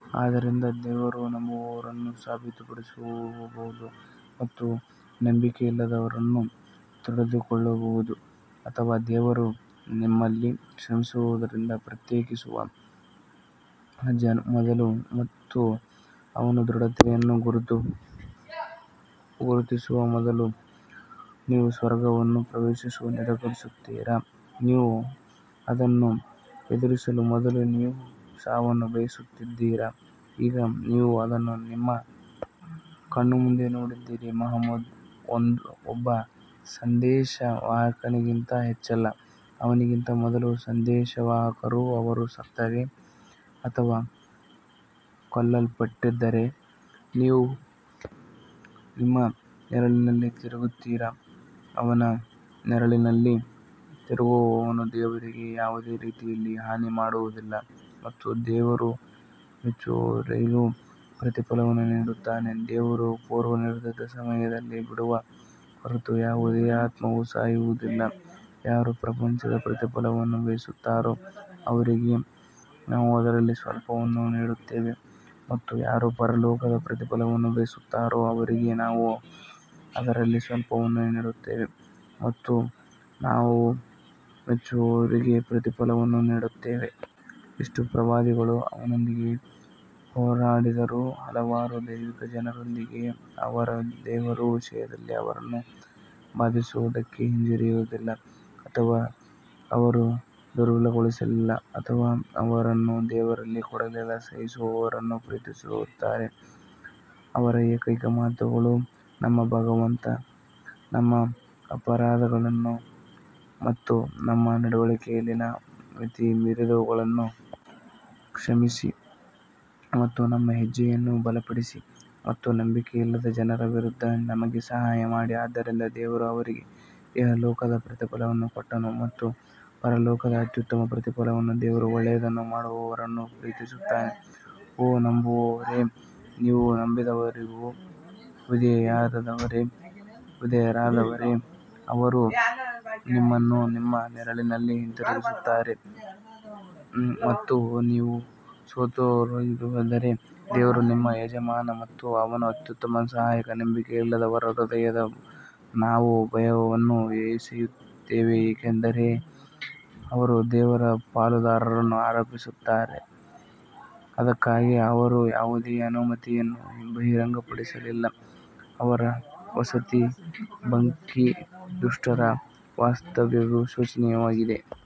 ಆದ್ದರಿಂದ ದೇವರು ನಂಬುವವರನ್ನು ಸಾಬೀತುಪಡಿಸಬಹುದು ಮತ್ತು ನಂಬಿಕೆಯಿಲ್ಲದವರನ್ನು ತೊಡೆದುಹಾಕಬಹುದು ಅಥವಾ ದೇವರು ನಿಮ್ಮಲ್ಲಿ ಶ್ರಮಿಸುವವರನ್ನು ಪ್ರತ್ಯೇಕಿಸುವ ಮೊದಲು ಮತ್ತು ಅವನು ದೃಢತೆಯನ್ನು ಗುರುತಿಸುವ ಮೊದಲು ನೀವು ಸ್ವರ್ಗವನ್ನು ಪ್ರವೇಶಿಸಲು ನಿರೀಕ್ಷಿಸುತ್ತೀರಾ? ನೀವು ಅದನ್ನು ಎದುರಿಸುವ ಮೊದಲು ನೀವು ಸಾವನ್ನು ಬಯಸುತ್ತಿದ್ದಿರಿ ಈಗ ನೀವು ಅದನ್ನು ನಿಮ್ಮ ಕಣ್ಣ ಮುಂದೆ ನೋಡಿದ್ದೀರಿ ಮುಹಮ್ಮದ್ ಒಬ್ಬ ಸಂದೇಶವಾಹಕನಿಗಿಂತ ಹೆಚ್ಚಲ್ಲ ಅವನಿಗಿಂತ ಮೊದಲು ಸಂದೇಶವಾಹಕರು ಅವರು ಸತ್ತರೆ ಅಥವಾ ಕೊಲ್ಲಲ್ಪಟ್ಟರೆ ನೀವು ನಿಮ್ಮ ನೆರಳಿನಲ್ಲೇ ತಿರುಗುತ್ತೀರಾ ಅವನ ನೆರಳಿನಲ್ಲೇ ತಿರುಗುವವನು ದೇವರಿಗೆ ಯಾವುದೇ ರೀತಿಯಲ್ಲಿ ಹಾನಿ ಮಾಡುವುದಿಲ್ಲ ಮತ್ತು ದೇವರು ಮೆಚ್ಚುವವರಿಗೆ ಪ್ರತಿಫಲವನ್ನು ನೀಡುತ್ತಾನೆ ದೇವರು ಪೂರ್ವನಿರ್ಧರಿತ ಸಮಯದಲ್ಲಿ ಬಿಡುವ ಹೊರತು ಯಾವುದೇ ಆತ್ಮವು ಸಾಯುವುದಿಲ್ಲ, ಯಾರು ಪ್ರಪಂಚದ ಪ್ರತಿಫಲವನ್ನು ಬಯಸುತ್ತಾರೋ ಅವರಿಗೆ ನಾವು ಅದರಲ್ಲಿ ಸ್ವಲ್ಪವನ್ನು ನೀಡುತ್ತೇವೆ ಮತ್ತು ಯಾರು ಪರಲೋಕದ ಪ್ರತಿಫಲವನ್ನು ಬಯಸುತ್ತಾರೋ ಅವರಿಗೆ ನಾವು ಅದರಲ್ಲಿ ಸ್ವಲ್ಪವನ್ನು ನೀಡುತ್ತೇವೆ ಮತ್ತು ನಾವು ಮೆಚ್ಚುವವರಿಗೆ ಪ್ರತಿಫಲವನ್ನು ನೀಡುತ್ತೇವೆ. ಎಷ್ಟು ಪ್ರವಾದಿಗಳು ಅವನೊಂದಿಗೆ ಹೋರಾಡಿದರು ಹಲವಾರು ದೈವಿಕ ಜನರೊಂದಿಗೆ ಅವರು ದೇವರ ವಿಷಯದಲ್ಲಿ ಅವರನ್ನು ಬಾಧಿಸುವುದಕ್ಕೆ ಹಿಂಜರಿಯಲಿಲ್ಲ ಅಥವಾ ಅವರು ದುರ್ಬಲಗೊಳಿಸಲಿಲ್ಲ ಅಥವಾ ಅವರು ದೇವರಲ್ಲಿ ಕೊಡಲಿಲ್ಲ ಸಹಿಸುವವರನ್ನು ಪ್ರೀತಿಸುತ್ತಾರೆ ಅವರ ಏಕೈಕ ಮಾತುಗಳು ನಮ್ಮ ಭಗವಂತ ನಮ್ಮ ಅಪರಾಧಗಳನ್ನು ಮತ್ತು ನಮ್ಮ ನಡವಳಿಕೆಯಲ್ಲಿನ ಮಿತಿಮೀರಿದವುಗಳನ್ನು ಕ್ಷಮಿಸಿ ಮತ್ತು ನಮ್ಮ ಹೆಜ್ಜೆಯನ್ನು ಬಲಪಡಿಸಿ ಮತ್ತು ನಂಬಿಕೆಯಿಲ್ಲದ ಜನರ ವಿರುದ್ಧ ನಮಗೆ ಸಹಾಯ ಮಾಡಿ ಆದ್ದರಿಂದ ದೇವರು ಅವರಿಗೆ ಇಹಲೋಕದ ಪ್ರತಿಫಲವನ್ನು ಕೊಟ್ಟನು ಮತ್ತು ಪರಲೋಕದ ಅತ್ಯುತ್ತಮ ಪ್ರತಿಫಲವನ್ನು ದೇವರು ಒಳ್ಳೆಯದನ್ನು ಮಾಡುವವರನ್ನು ಪ್ರೀತಿಸುತ್ತಾನೆ ಓ ನಂಬುವವರೇ, ನೀವು ನಂಬದವರಿಗೆ ವಿಧೇಯರಾದರೆ ಅವರು ನಿಮ್ಮನ್ನು ನಿಮ್ಮ ನೆರಳಿನಲ್ಲೇ ಹಿಂತಿರುಗಿಸುತ್ತಾರೆ ಮತ್ತು ನೀವು ಸೋತವರಾಗುತ್ತೀರಿ ದೇವರು ನಿಮ್ಮ ಯಜಮಾನ ಮತ್ತು ಅವನು ಅತ್ಯುತ್ತಮ ಸಹಾಯಕ ನಂಬಿಕೆಯಿಲ್ಲದವರ ಹೃದಯದಲ್ಲಿ ನಾವು ಭಯವನ್ನು ಎಸೆಯುತ್ತೇವೆ ಏಕೆಂದರೆ ಅವರು ದೇವರ ಪಾಲುದಾರರನ್ನು ಆರೋಪಿಸುತ್ತಾರೆ, ಅದಕ್ಕಾಗಿ ಅವರು ಯಾವುದೇ ಅನುಮತಿಯನ್ನು ಬಹಿರಂಗಪಡಿಸಲಿಲ್ಲ ಅವರ ವಸತಿ ಬೆಂಕಿ ದುಷ್ಟರ ವಾಸ್ತವ್ಯವು ಶೋಚನೀಯವಾಗಿದೆ.